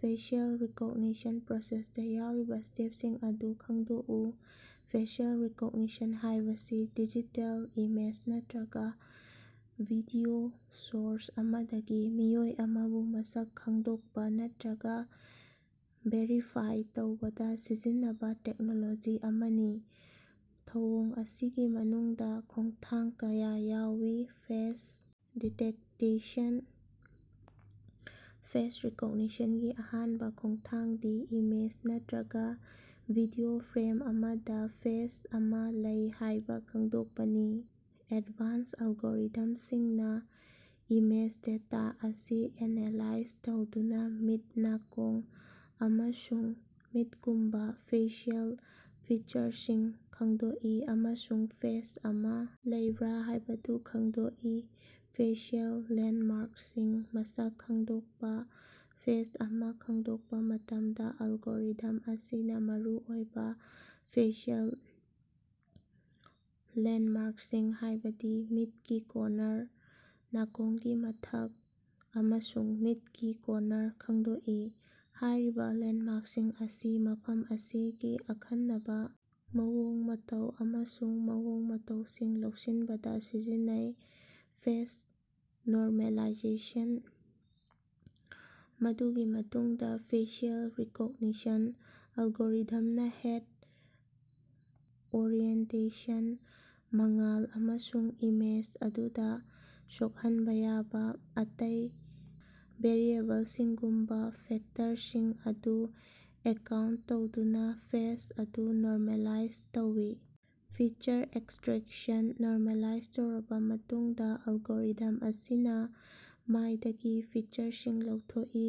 Facial recognition ꯄ꯭ꯔꯣꯁꯦꯁꯇ ꯌꯥꯎꯔꯤꯕ ꯁ꯭ꯇꯦꯞꯁꯤꯡ ꯑꯗꯨ ꯈꯪꯗꯣꯛꯎ꯫ ꯐꯦꯁꯤꯑꯦꯜ ꯔꯤꯀꯣꯒꯅꯤꯁꯟ ꯍꯥꯏꯕꯁꯤ ꯗꯤꯖꯤꯇꯦꯜ ꯏꯃꯦꯖ ꯅꯠꯇꯔꯒ ꯚꯤꯗꯤꯑꯣ ꯁꯣꯔꯁ ꯑꯃꯗꯒꯤ ꯃꯤꯑꯣꯏ ꯑꯃꯕꯨ ꯃꯁꯛ ꯈꯪꯗꯣꯛꯄ ꯅꯠꯇꯔꯒ ꯚꯦꯔꯤꯐꯥꯏ ꯇꯧꯕꯗꯥ ꯁꯤꯖꯤꯟꯅꯕꯥ ꯇꯦꯛꯅꯣꯂꯣꯖꯤ ꯑꯃꯅꯤ꯫ ꯊꯧꯑꯣꯡ ꯑꯁꯤꯒꯤ ꯃꯅꯨꯡꯗ ꯈꯣꯡꯊꯥꯡ ꯀꯌꯥ ꯌꯥꯎꯏ, ꯐꯦꯁ ꯗꯤꯇꯦꯛꯇꯦꯁꯟ - ꯐꯦꯁ ꯔꯤꯀꯣꯒꯅꯤꯁꯟꯒꯤ ꯑꯍꯥꯟꯕ ꯈꯣꯡꯊꯥꯡꯗꯤ ꯏꯃꯦꯖ ꯅꯠꯇꯔꯒ ꯚꯤꯗꯤꯑꯣ ꯐ꯭ꯔꯦꯝ ꯑꯃꯗ ꯐꯦꯁ ꯑꯃ ꯂꯩ ꯍꯥꯏꯕ ꯈꯪꯗꯣꯛꯄꯅꯤ꯫ ꯑꯦꯗꯚꯥꯟꯁ ꯑꯦꯜꯒꯣꯔꯤꯊꯝꯁꯤꯡꯅ ꯏꯃꯦꯖ ꯗꯦꯇꯥ ꯑꯁꯤ ꯑꯦꯅꯥꯂꯥꯏꯖ ꯇꯧꯗꯨꯅ ꯃꯤꯠ, ꯅꯥꯀꯣꯡ, ꯑꯃꯁꯨꯡ ꯃꯤꯠꯀꯨꯝꯕꯥ ꯐꯦꯁꯤꯌꯦꯜ ꯐꯤꯆꯔꯁꯤꯡ ꯈꯪꯗꯣꯛꯏ ꯑꯃꯁꯨꯡ ꯐꯦꯁ ꯑꯃ ꯂꯩꯕ꯭ꯔꯥ ꯍꯥꯏꯕꯗꯨ ꯈꯪꯗꯣꯛꯏ꯫ ꯐꯦꯁꯤꯑꯦꯜ ꯂꯦꯟꯗꯃꯥ꯭ꯔꯛꯁꯤꯡ ꯃꯁꯛ ꯈꯡꯗꯣꯛꯄ - ꯐꯦꯁ ꯑꯃ ꯈꯡꯗꯣꯛꯄ ꯃꯇꯝꯗ, ꯑꯦꯜꯒꯣꯔꯤꯊꯝ ꯑꯁꯤꯅ ꯃꯔꯨ ꯑꯣꯏꯕ ꯐꯦꯁꯤꯑꯦꯜ ꯂꯦꯟꯗꯃꯥ꯭ꯔꯛꯁꯤꯡ ꯍꯥꯏꯕꯗꯤ ꯃꯤꯠꯀꯤ ꯀꯣꯟꯅꯔ, ꯅꯥꯀꯣꯡꯒꯤ ꯃꯊꯛ, ꯑꯃꯁꯨꯡ ꯃꯤꯠꯀꯤ ꯀꯣꯟꯅꯔ ꯈꯪꯗꯣꯛꯏ꯫ ꯍꯥꯏꯔꯤꯕ ꯂꯦꯟꯗꯃꯥ꯭ꯔꯛꯁꯤꯡ ꯑꯁꯤ ꯃꯐꯝ ꯑꯁꯤꯒꯤ ꯑꯈꯟꯅꯕ ꯃꯑꯣꯡ ꯃꯇꯧ ꯑꯃꯁꯨꯡ ꯃꯑꯣꯡ ꯃꯇꯧꯁꯤꯡ ꯂꯧꯁꯤꯟꯕꯗ ꯁꯤꯖꯤꯟꯅꯩ꯫ ꯐꯦꯁ ꯅꯣꯔꯃꯦꯂꯥꯏꯖꯦꯁꯟ - ꯃꯗꯨꯒꯤ ꯃꯇꯨꯡꯗ ꯐꯦꯁꯤꯑꯦꯜ ꯔꯤꯀꯣꯒꯅꯤꯁꯟ ꯑꯦꯜꯒꯣꯔꯤꯊꯝꯅ ꯍꯦꯗ ꯑꯣꯔꯤꯑꯦꯟꯇꯦꯁꯟ, ꯃꯉꯥꯜ, ꯑꯃꯁꯨꯡ ꯏꯃꯦꯖ ꯑꯗꯨꯗ ꯁꯣꯛꯍꯟꯕ ꯌꯥꯕ ꯑꯇꯩ ꯚꯦꯔꯤꯑꯦꯕꯜꯁꯤꯡꯒꯨꯝꯕ ꯐꯦꯛꯇꯔꯁꯤꯡ ꯑꯗꯨ ꯑꯦꯀꯥꯎꯟꯇ ꯇꯧꯗꯨꯅ ꯐꯦꯁ ꯑꯗꯨ ꯅꯣꯔꯃꯦꯂꯥꯏꯖ ꯇꯧꯏ꯫ ꯐꯤꯆꯔ ꯑꯦꯛꯁꯇ꯭ꯔꯦꯛꯁꯟ - ꯅꯣꯔꯃꯦꯂꯥꯏꯖ ꯇꯧꯔꯕ ꯃꯇꯨꯡꯗ, ꯑꯦꯜꯒꯣꯔꯤꯊꯝ ꯑꯁꯤꯅ ꯃꯥꯏꯗꯒꯤ ꯐꯤꯆꯔꯁꯤꯡ ꯂꯧꯊꯣꯛꯏ,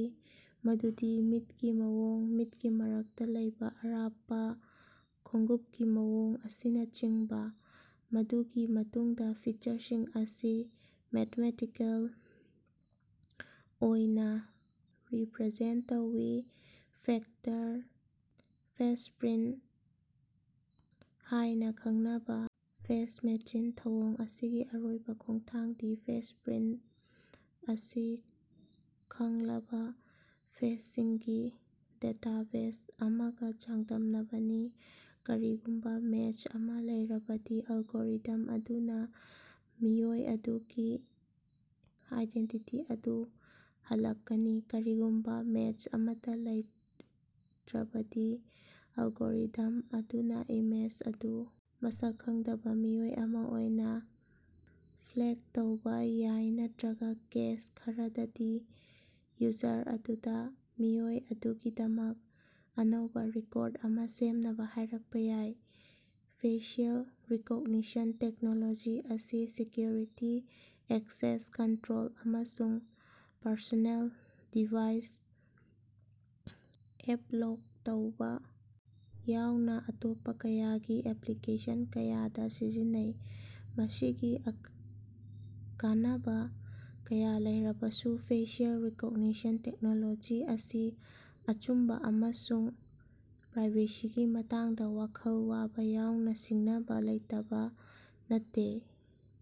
ꯃꯗꯨꯗꯤ ꯃꯤꯠꯀꯤ ꯃꯑꯣꯡ, ꯃꯤꯠꯀꯤ ꯃꯔꯛꯇ ꯂꯩꯕ‌ ꯑꯔꯥꯞꯄ, ꯈꯣꯡꯎꯞꯀꯤ ꯃꯑꯣꯡ ꯑꯁꯤꯅꯆꯤꯡꯕ, ꯃꯗꯨꯒꯤ ꯃꯇꯨꯡꯗ ꯐꯤꯆꯔꯁꯤꯡ ꯑꯁꯤ ꯃꯦꯊꯃꯦꯇꯤꯀꯦꯜ ꯑꯣꯏꯅ ꯔꯤꯄꯔꯖꯦꯟꯇ ꯇꯧꯏ꯫ ꯚꯦꯛꯇꯔ, ꯐꯦꯁꯄ꯭ꯔꯤꯟꯇ ꯍꯥꯏꯅ ꯈꯪꯅꯕ ꯐꯦꯁ ꯃꯦꯆꯤꯡ - ꯊꯧꯑꯣꯡ ꯑꯁꯤꯒꯤ ꯑꯔꯣꯏꯕ ꯈꯣꯡꯊꯥꯡꯗꯤ ꯐꯦꯁꯄ꯭ꯔꯤꯟꯇ ꯑꯁꯤ ꯈꯪꯂꯕ ꯐꯦꯁꯁꯤꯡꯒꯤ ꯗꯦꯇꯥꯕꯦꯖ ꯑꯃꯒ ꯆꯥꯡꯗꯝꯅꯕꯅꯤ꯫ ꯀꯔꯤꯒꯨꯝꯕ ꯃꯦꯆ ꯑꯃ ꯂꯩꯔꯕꯗꯤ, ꯑꯦꯜꯒꯣꯔꯤꯊꯝ ꯑꯗꯨꯅ ꯃꯤꯑꯣꯏ ꯑꯗꯨꯒꯤ ꯑꯥꯏꯗꯦꯟꯇꯤꯇꯤ ꯑꯗꯨ ꯍꯜꯂꯛꯀꯅꯤ꯫ ꯀꯔꯤꯒꯨꯝꯕ ꯃꯦꯆ ꯑꯃꯠꯇ ꯂꯩꯇꯔꯕꯗꯤ, ꯑꯦꯜꯒꯣꯔꯤꯊꯝ ꯑꯗꯨꯅ ꯏꯃꯦꯖ ꯑꯗꯨ ꯃꯁꯛ ꯈꯪꯗꯕ ꯃꯤꯑꯣꯏ ꯑꯃ ꯑꯣꯏꯅ ꯐ꯭ꯂꯦꯒ ꯇꯧꯕ ꯌꯥꯏ ꯅꯠꯇꯔꯒ, ꯀꯦꯁ ꯈꯔꯗꯗꯤ, ꯌꯨꯖꯔ ꯑꯗꯨꯗ ꯃꯤꯑꯣꯏ ꯑꯗꯨꯒꯤꯗꯃꯛ ꯑꯅꯧꯕ ꯔꯦꯀꯣꯔꯗ ꯑꯃ ꯁꯦꯝꯅꯕ ꯍꯥꯏꯔꯛꯄ ꯌꯥꯏ꯫ ꯐꯦꯁꯤꯑꯦꯜ ꯔꯤꯀꯣꯒꯅꯤꯁꯟ ꯇꯦꯛꯅꯣꯂꯣꯖꯤ ꯑꯁꯤ ꯁꯦꯀ꯭ꯌꯨꯔꯤꯇꯤ, ꯑꯦꯛꯁꯦꯁ ꯀꯟꯇꯔꯣꯜ, ꯑꯃꯁꯨꯡ ꯄꯔꯁꯣꯅꯦꯜ ꯗꯤꯚꯥꯏꯁ ꯑꯞꯂꯣꯛ ꯇꯧꯕ ꯌꯥꯎꯅ ꯑꯇꯣꯞꯄ ꯀꯌꯥꯒꯤ ꯑꯦꯄ꯭ꯂꯤꯀꯦꯁꯟ ꯀꯌꯥꯗ ꯁꯤꯖꯤꯟꯅꯩ꯫ ꯃꯁꯤꯒꯤ ꯀꯥꯟꯅꯕꯥ ꯀꯌꯥ ꯂꯩꯔꯕꯁꯨ, ꯐꯦꯁꯤꯑꯦꯜ ꯔꯤꯀꯣꯒꯅꯤꯁꯟ ꯇꯦꯛꯅꯣꯂꯣꯖꯤ ꯑꯁꯤ ꯑꯆꯨꯝꯕ ꯑꯃꯁꯨꯡ ꯄ꯭ꯔꯥꯏꯕꯦꯁꯤꯒꯤ ꯃꯇꯥꯡꯗ ꯋꯥꯈꯜ ꯋꯥꯕ ꯌꯥꯎꯅ ꯁꯤꯡꯅꯕꯥ ꯂꯩꯇꯕ ꯅꯠꯇꯦ꯫